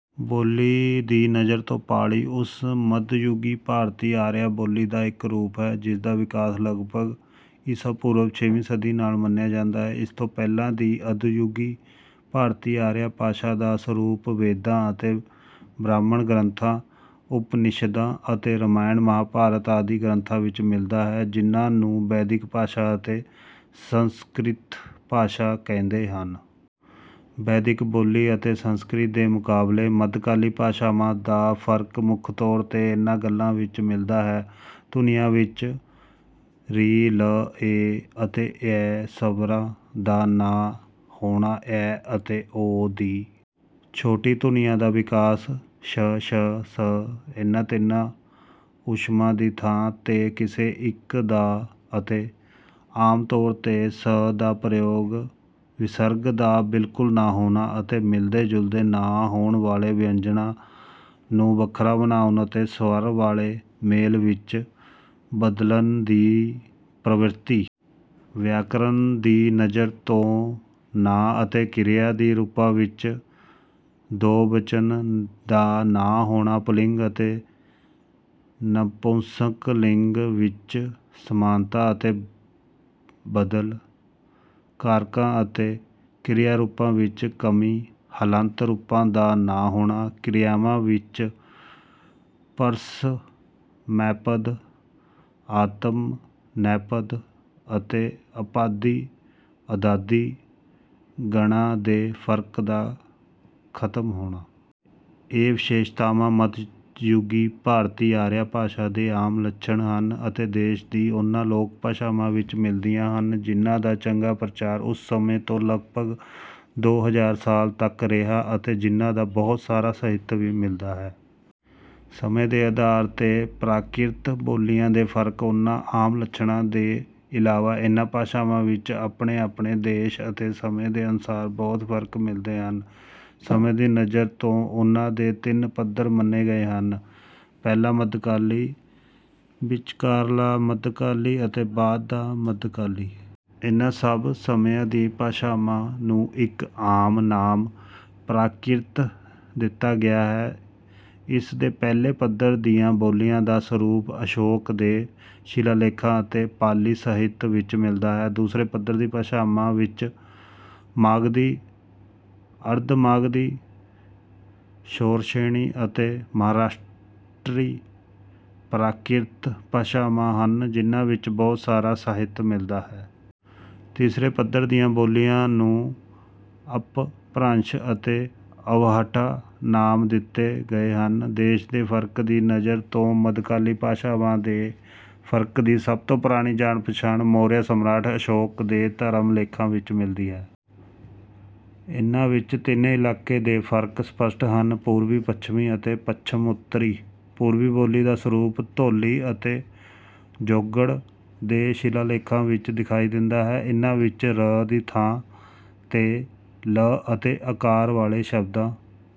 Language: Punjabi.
ਬੋਲੀ ਦੀ ਨਜ਼ਰ ਤੋਂ ਪਾਲੀ ਉਸ ਮਧਯੁਗੀ ਭਾਰਤੀ ਆਰੀਆ ਬੋਲੀ ਦਾ ਇੱਕ ਰੂਪ ਹੈ ਜਿਸਦਾ ਵਿਕਾਸ ਲੱਗਭੱਗ ਈਸਾ ਪੂਰਵ ਛੇਵੀਂ ਸਦੀ ਨਾਲ ਮੰਨਿਆ ਜਾਂਦਾ ਹੈ। ਉਸ ਤੋਂ ਪਹਿਲਾਂ ਦੀ ਆਦਿਯੁਗੀ ਭਾਰਤੀ ਆਰੀਆ ਭਾਸ਼ਾ ਦਾ ਸਰੂਪ ਵੇਦਾਂ ਅਤੇ ਬ੍ਰਾਹਮਣ ਗ੍ਰੰਥਾਂ ਉਪਨਿਸ਼ਦਾਂ ਅਤੇ ਰਾਮਾਇਣ ਮਹਾਂਭਾਰਤ ਆਦਿ ਗ੍ਰੰਥਾਂ ਵਿੱਚ ਮਿਲਦਾ ਹੈ ਜਿਨ੍ਹਾਂ ਨੂੰ ਵੈਦਿਕ ਭਾਸ਼ਾ ਅਤੇ ਸੰਸਕ੍ਰਿਤ ਭਾਸ਼ਾ ਕਹਿੰਦੇ ਹਨ। ਵੈਦਿਕ ਬੋਲੀ ਅਤੇ ਸੰਸਕ੍ਰਿਤ ਦੇ ਮੁਕਾਬਲੇ ਮੱਧਕਾਲੀ ਭਾਸ਼ਾਵਾਂ ਦਾ ਫਰਕ ਮੁੱਖ ਤੌਰ ਤੇ ਇਨ੍ਹਾਂ ਗੱਲਾਂ ਵਿੱਚ ਮਿਲਦਾ ਹੈ। ਧੁਨੀਆਂ ਵਿੱਚ ਰਿ ਲ ਐ ਅਤੇ ਐ ਸਵਰਾਂ ਦਾ ਨਾ ਹੋਣਾ ਏ ਅਤੇ ਓ ਦੀ ਛੋਟੀ ਧੁਨੀਆਂ ਦਾ ਵਿਕਾਸ ਸ਼ ਸ਼ ਸ ਇਨ੍ਹਾਂ ਤਿੰਨਾਂ ਊਸ਼ਮਾਂ ਦੀ ਥਾਂ ਤੇ ਕਿਸੇ ਇੱਕ ਦਾ ਅਤੇ ਆਮ ਤੌਰ ਤੇ ਸ ਦਾ ਪ੍ਰਯੋਗ ਵਿਸਰਗ ਦਾ ਬਿਲਕੁਲ ਨਾ ਹੋਣਾ ਅਤੇ ਮਿਲਦੇ ਜੁਲਦੇ ਨਾ ਹੋਣ ਵਾਲੇ ਵਿਅੰਜਨਾਂ ਨੂੰ ਵੱਖਰਾ ਬਣਾਉਣ ਅਤੇ ਸਵਰ ਵਾਲੇ ਮੇਲ ਵਿੱਚ ਬਦਲਣ ਦੀ ਪ੍ਰਵਿਰਤੀ। ਵਿਆਕਰਨ ਦੀ ਨਜ਼ਰ ਤੋਂ ਨਾਂ ਅਤੇ ਕਿਰਿਆ ਦੇ ਰੂਪਾਂ ਵਿੱਚ ਦੋਵਚਨ ਦਾ ਨਾ ਹੋਣਾ ਪੁਲਿੰਗ ਅਤੇ ਨਪੁੰਸਕਲਿੰਗ ਵਿੱਚ ਸਮਾਨਤਾ ਅਤੇ ਬਦਲ। ਕਾਰਕਾਂ ਅਤੇ ਕਿਰਿਆਰੂਪਾਂ ਵਿੱਚ ਕਮੀ ਹਲੰਤ ਰੂਪਾਂ ਦਾ ਨਾ ਹੋਣਾ। ਕਿਰਿਆਵਾਂ ਵਿੱਚ ਪਰਸਮੈਪਦ ਆਤਮਨੇਪਦ ਅਤੇ ਭਵਾਦਿ ਅਦਾਦਿ ਗਣਾਂ ਦੇ ਫਰਕ ਦਾ ਖਤਮ ਹੋਣਾ। ਇਹ ਵਿਸ਼ੇਸ਼ਤਾਵਾਂ ਮਧਯੁਗੀ ਭਾਰਤੀ ਆਰੀਆ ਭਾਸ਼ਾ ਦੇ ਆਮ ਲੱਛਣ ਹਨ ਅਤੇ ਦੇਸ਼ ਦੀਆਂ ਉਨ੍ਹਾਂ ਲੋਕਭਾਸ਼ਾਵਾਂ ਵਿੱਚ ਮਿਲਦੀਆਂ ਹਨ ਜਿਨ੍ਹਾਂ ਦਾ ਚੰਗਾ ਪ੍ਰਚਾਰ ਉਸ ਸਮੇਂ ਤੋਂ ਲਗਭੱਗ ਦੋ ਹਜ਼ਾਰ ਸਾਲ ਤੱਕ ਰਿਹਾ ਅਤੇ ਜਿਨ੍ਹਾਂ ਦਾ ਬਹੁਤ ਸਾਰਾ ਸਾਹਿਤ ਵੀ ਮਿਲਦਾ ਹੈ। ਸਮੇਂ ਦੇ ਆਧਾਰ ਤੇ ਪ੍ਰਾਕ੍ਰਿਤ ਬੋਲੀਆਂ ਦੇ ਫਰਕ ਉਨ੍ਹਾਂ ਆਮ ਲੱਛਣਾਂ ਦੇ ਇਲਾਵਾ ਇਨ੍ਹਾਂ ਭਾਸ਼ਾਵਾਂ ਵਿੱਚ ਆਪਣੇ ਆਪਣੇ ਦੇਸ਼ ਅਤੇ ਸਮੇਂ ਦੇ ਅਨੁਸਾਰ ਬਹੁਤ ਫਰਕ ਮਿਲਦੇ ਹਨ। ਸਮੇਂ ਦੀ ਨਜ਼ਰ ਤੋਂ ਉਨ੍ਹਾਂ ਦੇ ਤਿੰਨ ਪੱਧਰ ਮੰਨੇ ਗਏ ਹਨ ਪਹਿਲਾ ਮੱਧਕਾਲੀ ਵਿਚਕਾਰਲਾ ਮੱਧਕਾਲੀ ਅਤੇ ਬਾਅਦ ਦਾ ਮੱਧਕਾਲੀ। ਇਨ੍ਹਾਂ ਸਭ ਸਮਿਆਂ ਦੀਆਂ ਭਾਸ਼ਾਵਾਂ ਨੂੰ ਇੱਕ ਆਮ ਨਾਮ ਪ੍ਰਾਕ੍ਰਿਤ ਦਿੱਤਾ ਗਿਆ ਹੈ। ਇਸ ਦੇ ਪਹਿਲੇ ਪੱਧਰ ਦੀਆਂ ਬੋਲੀਆਂ ਦਾ ਸਰੂਪ ਅਸ਼ੋਕ ਦੇ ਸ਼ਿਲਾਲੇਖਾਂ ਅਤੇ ਪਾਲੀ ਸਾਹਿਤ ਵਿੱਚ ਮਿਲਦਾ ਹੈ। ਦੂਸਰੇ ਪੱਧਰ ਦੀਆਂ ਭਾਸ਼ਾਵਾਂ ਵਿੱਚ ਮਾਗਧੀ ਅਰਧਮਾਗਧੀ ਸ਼ੌਰਸੇਨੀ ਅਤੇ ਮਹਾਰਾਸ਼ਟਰੀ ਪ੍ਰਾਕ੍ਰਿਤ ਭਾਸ਼ਾਵਾਂ ਹਨ ਜਿਨ੍ਹਾਂ ਵਿੱਚ ਬਹੁਤ ਸਾਰਾ ਸਾਹਿਤ ਮਿਲਦਾ ਹੈ। ਤੀਸਰੇ ਪੱਧਰ ਦੀਆਂ ਬੋਲੀਆਂ ਨੂੰ ਅਪਭਰੰਸ਼ ਅਤੇ ਅਵਹੱਠਾ ਨਾਮ ਦਿੱਤੇ ਗਏ ਹਨ। ਦੇਸ਼ ਦੇ ਫਰਕ ਦੀ ਨਜ਼ਰ ਤੋਂ ਮੱਧਕਾਲੀ ਭਾਸ਼ਾਵਾਂ ਦੇ ਫਰਕ ਦੀ ਸਭ ਤੋਂ ਪੁਰਾਣੀ ਜਾਣ ਪਹਿਚਾਣ ਮੌਰਿਆ ਸਮਰਾਟ ਅਸ਼ੋਕ ਦੇ ਧਰਮ ਲੇਖਾਂ ਵਿੱਚ ਮਿਲਦੀ ਹੈ। ਇਨ੍ਹਾਂ ਵਿੱਚ ਤਿੰਨ ਇਲਾਕੇ ਦੇ ਫਰਕ ਸਪੱਸ਼ਟ ਹਨ ਪੂਰਬੀ ਪੱਛਮੀ ਅਤੇ ਪੱਛਮ ਉੱਤਰੀ। ਪੂਰਬੀ ਬੋਲੀ ਦਾ ਸਰੂਪ ਧੋਲੀ ਅਤੇ ਜੌਗੜ ਦੇ ਸ਼ਿਲਾਲੇਖਾਂ ਵਿੱਚ ਦਿਖਾਈ ਦਿੰਦਾ ਹੈ। ਇਨ੍ਹਾਂ ਵਿੱਚ ਰ ਦੀ ਥਾਂ ਤੇ ਲ ਅਤੇ ਆਕਾਰ ਵਾਲੇ ਸ਼ਬਦਾਂ